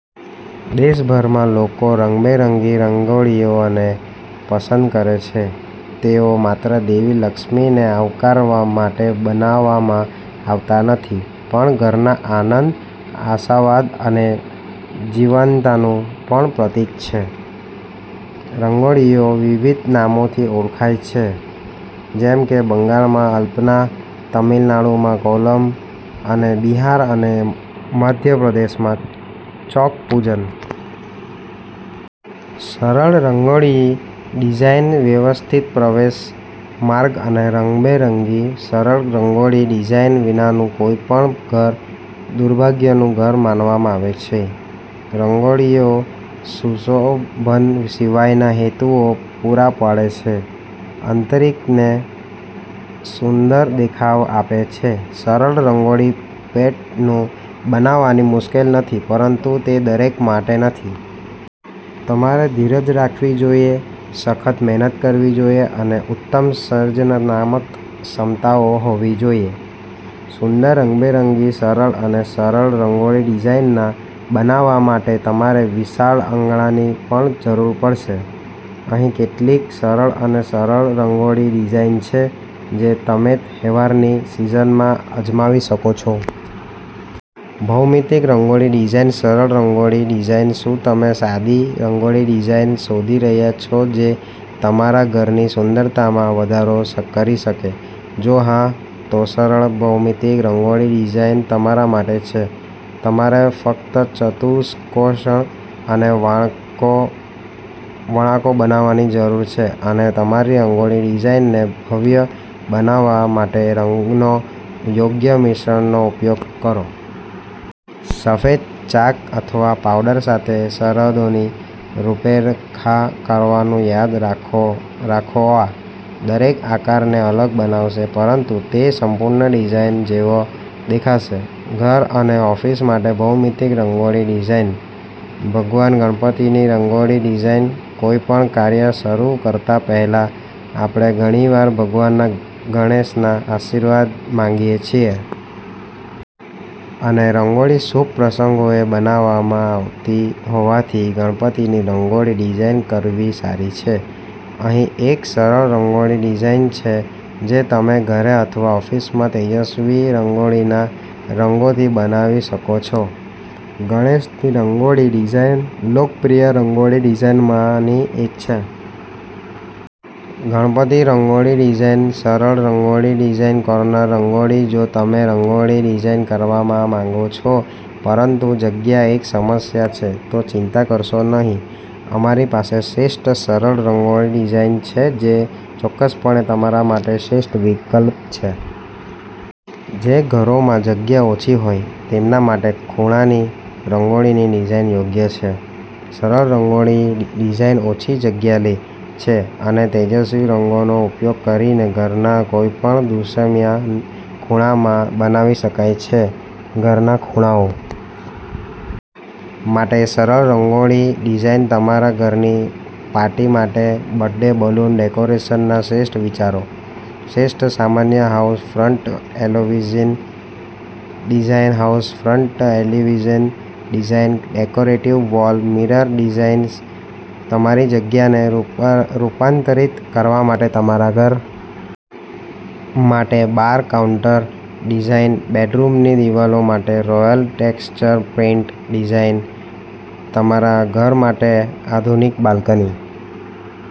દેશભરમાં લોકો રંગબેરંગી રંગોળીઓને પસંદ કરે છે. તેઓ માત્ર દેવી લક્ષ્મીને આવકારવા માટેબનાવવામાં આવતા નથી પણ ઘરના આનંદ, આશાવાદ અને જીવંતતાનું પણ પ્રતીક છે. રંગોળીઓ વિવિધ નામોથી ઓળખાય છે, જેમ કે બંગાળમાં અલ્પના, તમિલનાડુમાં કોલમ અને બિહાર અને મધ્ય પ્રદેશમાં ચોક પૂજન. સરળ રંગોળી ડિઝાઇન વ્યવસ્થિત પ્રવેશ માર્ગ અને રંગબેરંગી, સરળ રંગોળી ડિઝાઇન વિનાનું કોઈપણ ઘર દુર્ભાગ્યનું ઘર માનવામાં આવે છે. રંગોળીઓ સુશોભન સિવાયના હેતુઓ પૂરા પાડે છે, આંતરિકને સુંદર દેખાવ આપે છે. સરળ રંગોળી પેટર્ન બનાવવી મુશ્કેલ નથી, પરંતુ તે દરેક માટે નથી. તમારે ધીરજ રાખવી જોઈએ, સખત મહેનત કરવી જોઈએ અને ઉત્તમ સર્જનાત્મક ક્ષમતાઓ હોવી જોઈએ. સુંદર, રંગબેરંગી, સરળ અને સરળ રંગોળી ડિઝાઇન બનાવવા માટે તમારે વિશાળ આંગણાની પણ જરૂર પડશે. અહીં કેટલીક સરળ અને સરળ રંગોળી ડિઝાઇન છે જે તમેતહેવારની સિઝનમાં અજમાવી શકો છો. ભૌમિતિક રંગોળી ડિઝાઇનસરળ રંગોળી ડિઝાઇન શું તમે સાદી રંગોળી ડિઝાઇન શોધી રહ્યાં છો જે તમારા ઘરની સુંદરતામાં વધારો કરી શકે? જો હા, તોસરળ ભૌમિતિક રંગોળી ડિઝાઇન તમારા માટે છે! તમારે ફક્તચતુષ્કોણ અને વળાંકો બનાવવાની જરૂર છે અને તમારી રંગોળી ડિઝાઇનને ભવ્ય બનાવવા માટે રંગોના યોગ્ય મિશ્રણનો ઉપયોગ કરો. સફેદ ચાક અથવા પાવડર સાથે સરહદોની રૂપરેખા કરવાનું યાદ રાખોઆ દરેક આકારને અલગ બનાવશે પરંતુ તે સંપૂર્ણ ડિઝાઇન જેવો દેખાશે. ઘર અને ઓફિસ માટે ભૌમિતિક રંગોળી ડિઝાઇન. ભગવાન ગણપતિની રંગોળી ડિઝાઇન કોઈપણ કાર્ય શરૂ કરતા પહેલા આપણે ઘણીવાર ભગવાન ગણેશના આશીર્વાદ માંગીએ છીએ. અને રંગોળી શુભ પ્રસંગોએ બનાવવામાં આવતી હોવાથી ગણપતિની રંગોળી ડિઝાઇન કરવી સારી છે. અહીં એક સરળ રંગોળી ડિઝાઇન છે જે તમે ઘરે અથવા ઓફિસમાં તેજસ્વી રંગોળીના રંગોથી બનાવી શકો છો. ગણેશની રંગોળી ડિઝાઇન લોકપ્રિય રંગોળી ડિઝાઇનમાંની એક છે. ગણપતિ રંગોળી ડિઝાઇન સરળ રંગોળી ડિઝાઇનકોર્નર રંગોળી જો તમે રંગોળી ડિઝાઇન કરવા માંગો છો, પરંતુ જગ્યા એક સમસ્યા છે, તો ચિંતા કરશો નહીં! અમારી પાસે શ્રેષ્ઠ સરળ રંગોળી ડિઝાઇન છે જે ચોક્કસપણે તમારા માટે શ્રેષ્ઠ વિકલ્પ છે. જે ઘરોમાં જગ્યા ઓછી હોય તેમના માટે ખૂણાની રંગોળીની ડિઝાઇન યોગ્ય છે. સરળ રંગોળી ડિઝાઇન ઓછી જગ્યા લે છે અને તેજસ્વી રંગોનો ઉપયોગ કરીને ઘરના કોઈપણ દૃશ્યમાન ખૂણામાં બનાવી શકાય છે. ઘરના ખૂણાઓ માટે સરળ રંગોળી ડિઝાઇન તમારા ઘરની પાર્ટી માટે બર્થડે બલૂન ડેકોરેશનના શ્રેષ્ઠ વિચારો, શ્રેષ્ઠ સામાન્ય house front elevation designs house front elevation designs, decorative wall mirror designs તમારી જગ્યાને રૂપાંતરિત કરવા માટે, તમારા ઘર માટે બાર કાઉન્ટર ડિઝાઇન, બેડરૂમની દિવાલો માટે રોયલ ટેક્સચર પેઇન્ટ ડિઝાઇન, તમારા ઘર માટે આધુનિક બાલ્કની